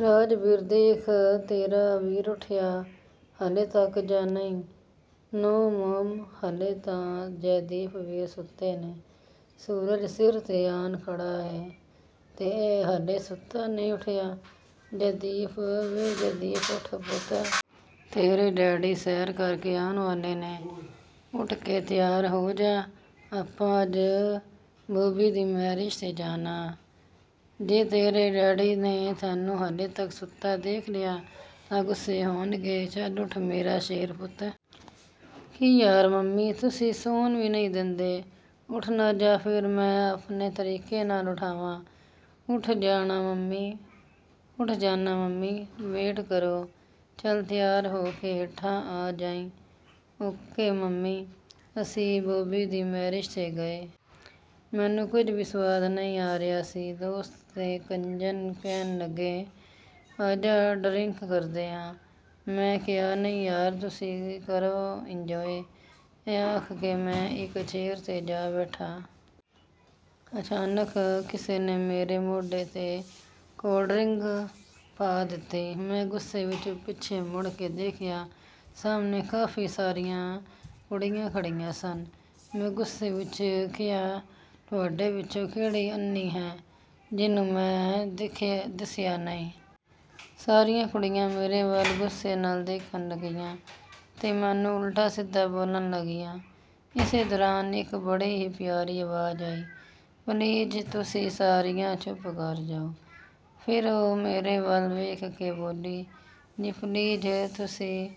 ਰਾਜਬੀਰ, ਦੇਖ ਤੇਰਾ ਵੀਰ ਉੱਠਿਆ ਹਾਲੇ ਤੱਕ ਜਾਂ ਨਹੀਂ? ਨੋ ਮੋਮ, ਹਾਲੇ ਤਾਂ ਜੈਦੀਪ ਵੀਰ ਸੁੱਤੇ ਨੇ। ਸੂਰਜ ਸਿਰ 'ਤੇ ਆਣ ਖੜਾ ਏ ਤੇ ਇਹ ਹਾਲੇ ਸੁੱਤਾ ਨਹੀਂ ਉੱਠਿਆ। ਜੈਦੀਪ! ਵੇ ਜੈਦੀਪ! ਉੱਠ ਪੁੱਤ। ਤੇਰੇ ਡੈਡੀ ਸੈਰ ਕਰਕੇ ਆਉਣ ਵਾਲੇ ਨੇ। ਉੱਠ ਕੇ ਤਿਆਰ ਹੋ ਜਾ। ਆਪਾਂ ਅੱਜ ਬੌਬੀ ਦੀ ਮੈਰਿਜ 'ਤੇ ਜਾਣਾ। ਜੇ ਤੇਰੇ ਡੈਡੀ ਨੇ ਤੈਨੂੰ ਹਾਲੇ ਤੱਕ ਸੁੱਤਾ ਦੇਖ ਲਿਆ ਤਾਂ ਗੁੱਸੇ ਹੋਣਗੇ। ਚੱਲ ਉੱਠ ਮੇਰਾ ਸ਼ੇਰ ਪੁੱਤ। ਕੀ ਯਾਰ ਮੰਮੀ, ਤੁਸੀਂ ਸੌਣ ਵੀ ਨਹੀਂ ਦਿੰਦੇ? ਉੱਠਣਾ ਜਾਂ ਫੇਰ ਮੈਂ ਆਪਣੇ ਤਰੀਕੇ ਨਾਲ ਉਠਾਵਾਂ? ਉੱਠ ਜਾਣਾ ਮੰਮੀ, ਵੇਟ ਕਰੋ। ਚੱਲ, ਤਿਆਰ ਹੋ ਕੇ ਹੇਠਾਂ ਆ ਜਾਈਂ। Okay mummy. ਅਸੀਂ ਬੌਬੀ ਦੀ ਮੈਰਿਜ 'ਤੇ ਗਏ। ਮੈਨੂੰ ਕੁਝ ਵੀ ਸੁਆਦ ਨਹੀਂ ਆ ਰਿਹਾ ਸੀ। ਦੋਸਤ ਤੇ ਕਜ਼ਨ ਕਹਿਣ ਲੱਗੇ, "ਆਜਾ ਡਰਿੰਕ ਕਰਦੇ ਆਂ।" ਮੈਂ ਕਿਹਾ, "ਨਹੀਂ ਯਾਰ, ਤੁਸੀਂ ਕਰੋ ਇੰਜੌਏ।" ਇਹ ਆਖ ਕੇ ਮੈਂ ਇੱਕ ਚੇਅਰ 'ਤੇ ਜਾ ਬੈਠਾ। ਅਚਾਨਕ ਕਿਸੇ ਨੇ ਮੇਰੇ ਮੋਢੇ 'ਤੇ ਕੋਲਡ ਡਰਿੰਕ ਪਾ ਦਿੱਤੀ। ਮੈਂ ਗੁੱਸੇ ਵਿੱਚ ਪਿੱਛੇ ਮੁੜ ਕੇ ਦੇਖਿਆ। ਸਾਹਮਣੇ ਕਾਫੀ ਸਾਰੀਆਂ ਕੁੜੀਆਂ ਖੜ੍ਹੀਆਂ ਸਨ। ਮੈਂ ਗੁੱਸੇ ਵਿੱਚ ਕਿਹਾ, "ਤੁਹਾਡੇ ਵਿੱਚੋਂ ਕਿਹੜੀ ਅੰਨ੍ਹੀ ਹੈ, ਜਿਹਨੂੰ ਮੈਂ ਦਿਖਿਆ ਦਿਸਿਆ ਨਹੀਂ?" ਸਾਰੀਆਂ ਕੁੜੀਆਂ ਮੇਰੇ ਵੱਲ ਗੁੱਸੇ ਨਾਲ ਦੇਖਣ ਲੱਗੀਆਂ ਤੇ ਮੈਨੂੰ ਉਲਟਾ-ਸਿੱਧਾ ਬੋਲਣ ਲੱਗੀਆਂ। ਇਸੇ ਦੌਰਾਨ ਇੱਕ ਬੜੀ ਹੀ ਪਿਆਰੀ ਆਵਾਜ਼ ਆਈ। "ਪਲੀਜ਼, ਤੁਸੀਂ ਸਾਰੀਆਂ ਚੁੱਪ ਕਰ ਜਾਓ।" ਫਿਰ ਉਹ ਮੇਰੇ ਵੱਲ ਵੇਖ ਕੇ ਬੋਲੀ, "ਜੀ, ਪਲੀਜ਼ ਤੁਸੀਂ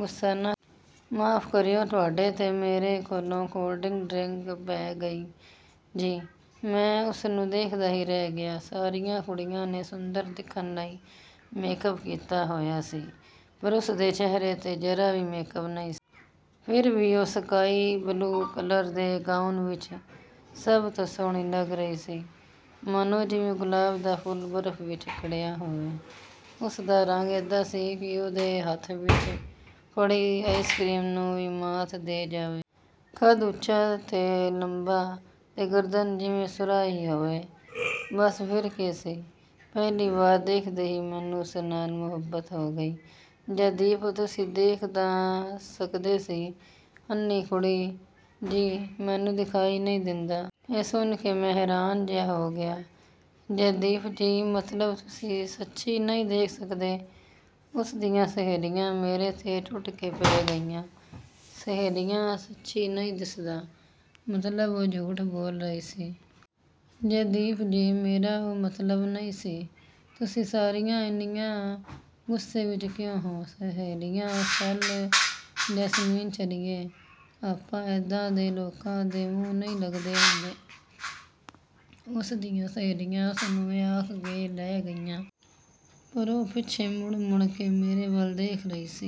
ਗੁੱਸਾ ਨਾ ਕਰਿਓ। ਮਾਫ਼ ਕਰਿਓ। ਤੁਹਾਡੇ 'ਤੇ ਮੇਰੇ ਕੋਲੋਂ ਕੋਲਡ ਡਰਿੰਕ ਪੈ ਗਈ ਜੀ।" ਮੈਂ ਉਸਨੂੰ ਦੇਖਦਾ ਹੀ ਰਹਿ ਗਿਆ। ਸਾਰੀਆਂ ਕੁੜੀਆਂ ਨੇ ਸੁੰਦਰ ਦਿਖਣ ਲਈ ਮੇਕਅਪ ਕੀਤਾ ਹੋਇਆ ਸੀ। ਪਰ ਉਸਦੇ ਚਿਹਰੇ 'ਤੇ ਜਰਾ ਵੀ ਮੇਕਅਪ ਨਹੀਂ ਸੀ। ਫਿਰ ਵੀ ਉਹ ਸਕਾਈ ਬਲੂ ਕਲਰ ਦੇ ਗਾਊਨ ਵਿੱਚ ਸਭ ਤੋਂ ਸੋਹਣੀ ਲੱਗ ਰਹੀ ਸੀ। ਮਾਨੋ ਜਿਵੇਂ ਗੁਲਾਬ ਦਾ ਫੁੱਲ ਬਰਫ ਵਿੱਚ ਖਿੜਿਆ ਹੋਵੇ। ਉਸਦਾ ਰੰਗ ਏਦਾਂ ਸੀ ਕਿ ਉਹਦੇ ਹੱਥ ਵਿੱਚ ਫੜੀ ਆਈਸਕਰੀਮ ਨੂੰ ਵੀ ਮਾਤ ਦੇ ਜਾਵੇ। ਕੱਦ ਉੱਚਾ ਤੇ ਲੰਬਾ ਤੇ ਗਰਦਨ ਜਿਵੇਂ ਸੁਰਾਹੀ ਹੋਵੇ। ਬਸ ਫਿਰ ਕੀ ਸੀ, ਪਹਿਲੀ ਵਾਰ ਦੇਖਦੇ ਹੀ ਮੈਨੂੰ ਉਸ ਨਾਲ ਮੁਹੱਬਤ ਹੋ ਗਈ। ਜੈਦੀਪ: ਤੁਸੀਂ ਦੇਖ ਤਾਂ ਸਕਦੇ ਸੀ। ਅੰਨ੍ਹੀ ਕੁੜੀ: ਜੀ, ਮੈਨੂੰ ਦਿਖਾਈ ਨਹੀਂ ਦਿੰਦਾ। ਇਹ ਸੁਣ ਕੇ ਮੈਂ ਹੈਰਾਨ ਜਿਹਾ ਹੋ ਗਿਆ। ਜੈਦੀਪ: ਜੀ, ਮਤਲਬ ਤੁਸੀਂ ਸੱਚੀ ਨਹੀਂ ਦੇਖ ਸਕਦੇ? ਉਸਦੀਆਂ ਸਹੇਲੀਆਂ ਮੇਰੇ 'ਤੇ ਟੁੱਟ ਕੇ ਪੈ ਗਈਆਂ। ਸਹੇਲੀਆਂ: ਸੱਚੀ ਨਹੀਂ ਦਿਸਦਾ। ਮਤਲਬ ਉਹ ਝੂਠ ਬੋਲ ਰਹੀ ਸੀ? ਜੈਦੀਪ: ਜੀ, ਮੇਰਾ ਉਹ ਮਤਲਬ ਨਹੀਂ ਸੀ। ਤੁਸੀਂ ਸਾਰੀਆਂ ਇੰਨੀਆਂ ਗੁੱਸੇ ਵਿੱਚ ਕਿਉਂ ਹੋ? ਸਹੇਲੀਆਂ: ਚੱਲ ਜੈਸਮੀਨ, ਚਲੀਏ। ਆਪਾਂ ਏਦਾਂ ਦੇ ਲੋਕਾਂ ਦੇ ਮੂੰਹ ਨਹੀਂ ਲੱਗਦੇ ਹੁੰਦੇ। ਉਸਦੀਆਂ ਸਹੇਲੀਆਂ ਉਸਨੂੰ ਇਹ ਆਖ ਕੇ ਲੈ ਗਈਆਂ। ਪਰ ਉਹ ਪਿੱਛੇ ਮੁੜ-ਮੁੜ ਕੇ ਮੇਰੇ ਵੱਲ ਦੇਖ ਰਹੀ ਸੀ।